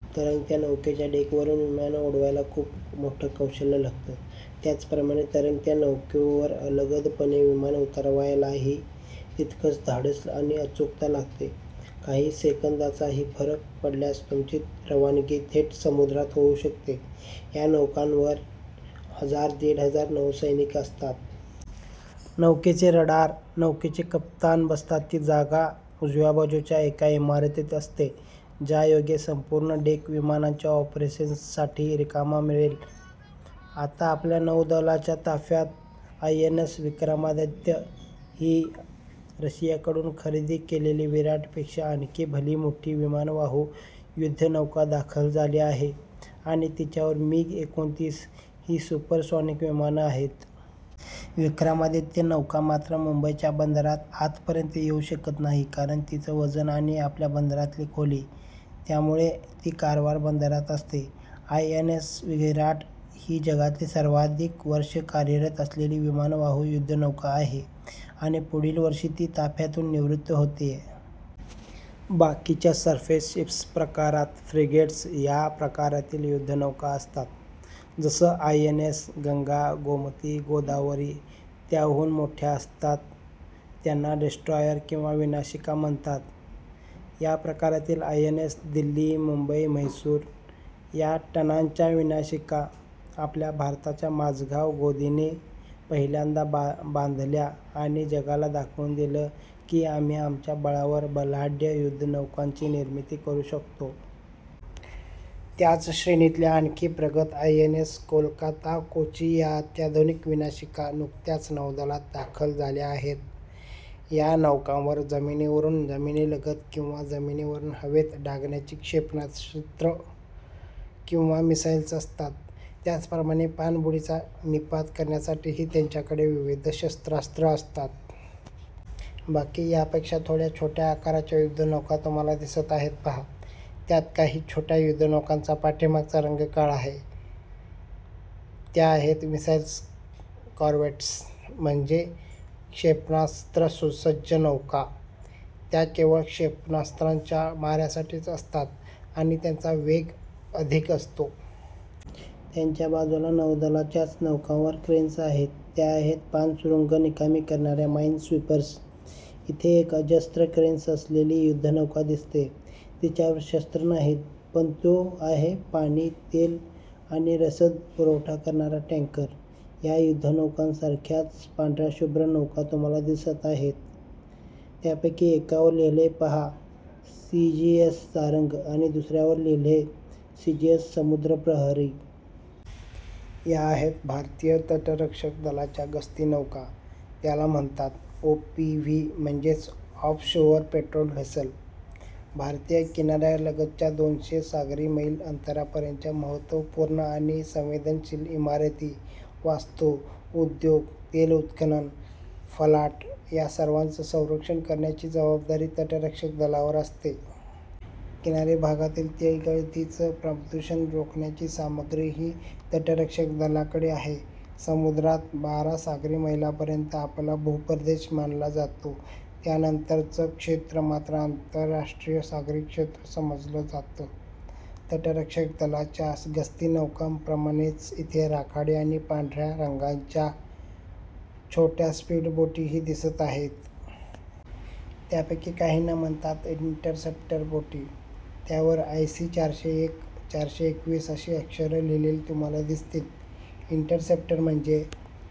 तरंगत्या नौकेच्या डेकवरून विमानं उडवायला खूप मोठं कौशल्य लागतं. त्याचप्रमाणे तरंगत्या नौकेवर अलगदपणे विमान उतरवायलाही तितकंच धाडस आणि अचूकता लागते. काही सेकंदाचाही फरक पडल्यास तुमची रवानगी थेट समुद्रात होऊ शकते. या नौकांवर हजार-दीड हजार नौसैनिक असतात. नौकेचं रडार, नौकेचे कप्तान बसतात ती जागा उजव्या बाजूच्या एका इमारतीत असते, ज्यायोगे संपूर्ण डेक विमानांच्या ऑपरेशन्ससाठी रिकामा मिळेल. आता आपल्या नौदलाच्या ताफ्यात आयएनएस विक्रमादित्य ही रशियाकडून खरेदी केलेली विराटपेक्षा आणखी भलीमोठी विमानवाहू युद्धनौका दाखल झाली आहे आणि तिच्यावर मिग एकोणतीस ही सुपरसॉनिक विमानं आहेत. विक्रमादित्य नौका मात्र मुंबईच्या बंदरात आतपर्यंत येऊ शकत नाही, कारण तिचं वजन आणि आपल्या बंदरातली खोली. त्यामुळे ती कारवार बंदरात असते. आयएनएस विराट ही जगातली सर्वाधिक वर्ष कार्यरत असलेली विमानवाहू युद्धनौका आहे आणि पुढील वर्षी ती ताफ्यातून निवृत्त होतेय. बाकीच्या सरफेस शिप्स प्रकारात फ्रिगेट्स या प्रकारातील युद्धनौका असतात. जसं आयएनएस गंगा, गोमती, गोदावरी. त्याहून मोठ्या असतात त्यांना डिस्ट्रॉयर किंवा विनाशिका म्हणतात. या प्रकारातील आयएनएस दिल्ली, मुंबई, म्हैसूर या टनांच्या विनाशिका आपल्या भारताच्या माझगाव गोदीने पहिल्यांदा बांधल्या आणि जगाला दाखवून दिलं की आम्ही आमच्या बळावर बलाढ्य युद्धनौकांची निर्मिती करू शकतो. त्याच श्रेणीतल्या आणखी प्रगत आयएनएस कोलकाता, कोची या अत्याधुनिक विनाशिका नुकत्याच नौदलात दाखल झाल्या आहेत. या नौकांवर जमिनीवरून जमिनीलगत किंवा जमिनीवरून हवेत डागण्याची क्षेपणास्त्र किंवा मिसाइल्स असतात. त्याचप्रमाणे पाणबुडीचा निःपात करण्यासाठीही त्यांच्याकडे विविध शस्त्रास्त्रं असतात. बाकी यापेक्षा थोड्या छोट्या आकाराच्या युद्धनौका तुम्हाला दिसताहेत पहा. त्यात काही छोट्या युद्धनौकांचा पाठीमागचा रंग काळा आहे, त्या आहेत, मिसाइल कॉरव्हेट्स म्हणजे क्षेपणास्त्रसुसज्ज नौका. त्या केवळ क्षेपणास्त्रांच्या माऱ्यासाठीच असतात आणि त्यांचा वेग अधिक असतो. त्यांच्या बाजूला नौदलाच्याच नौकांवर क्रेन्स आहेत. त्या आहेत पाणसुरुंग निकामी करणाऱ्या माइनस्वीपर्स. इथे एक अजस्त्र क्रेन्स असलेली युद्धनौका दिसतेय, तिच्यावर शस्त्र नाहीत, पण तो आहे पाणी, तेल आणि रसदपुरवठा करणारा टँकर. या युद्धनौकांसारख्याच पांढऱ्याशुभ्र नौका तुम्हाला दिसताहेत, त्यापैकी एकावर लिहिलंय पहा, सीजीएस सारंग आणि दुसऱ्यावर लिहिलंय सीजीएस समुद्रप्रहरी. या आहेत भारतीय तटरक्षक दलाच्या गस्तीनौका. त्याला म्हणतात ओपीव्ही म्हणजेच ऑफशोअर पेट्रोल व्हेसल. भारतीय किनाऱ्यालगतच्या दोनशे सागरी मैल अंतरापर्यंतच्या महत्त्वपूर्ण आणि संवेदनशील इमारती, वास्तू, उद्योग, तेलउत्खनन फलाट या सर्वांचं संरक्षण करण्याची जबाबदारी तटरक्षक दलावर असते. किनारी भागातील तेलगळतीचं प्रदूषण रोखण्याची सामग्रीही तटरक्षक दलाकडे आहे. समुद्रात बारा सागरी मैलांपर्यंत आपला भूप्रदेश मानला जातो, त्यानंतरचं क्षेत्र मात्र आंतरराष्ट्रीय सागरी क्षेत्र समजलं जातं. तटरक्षक दलाच्या गस्तीनौकांप्रमाणेच इथे राखाडी आणि पांढऱ्या रंगाच्या छोट्या स्पीडबोटीही दिसत आहेत. त्यापैकी काहींना म्हणतात इंटरसेप्टर बोटी. त्यावर आयसी चारशे एक, चारशे एकवीस अशी अक्षरं लिहिलेली तुम्हाला दिसतील. इंटरसेप्टर म्हणजे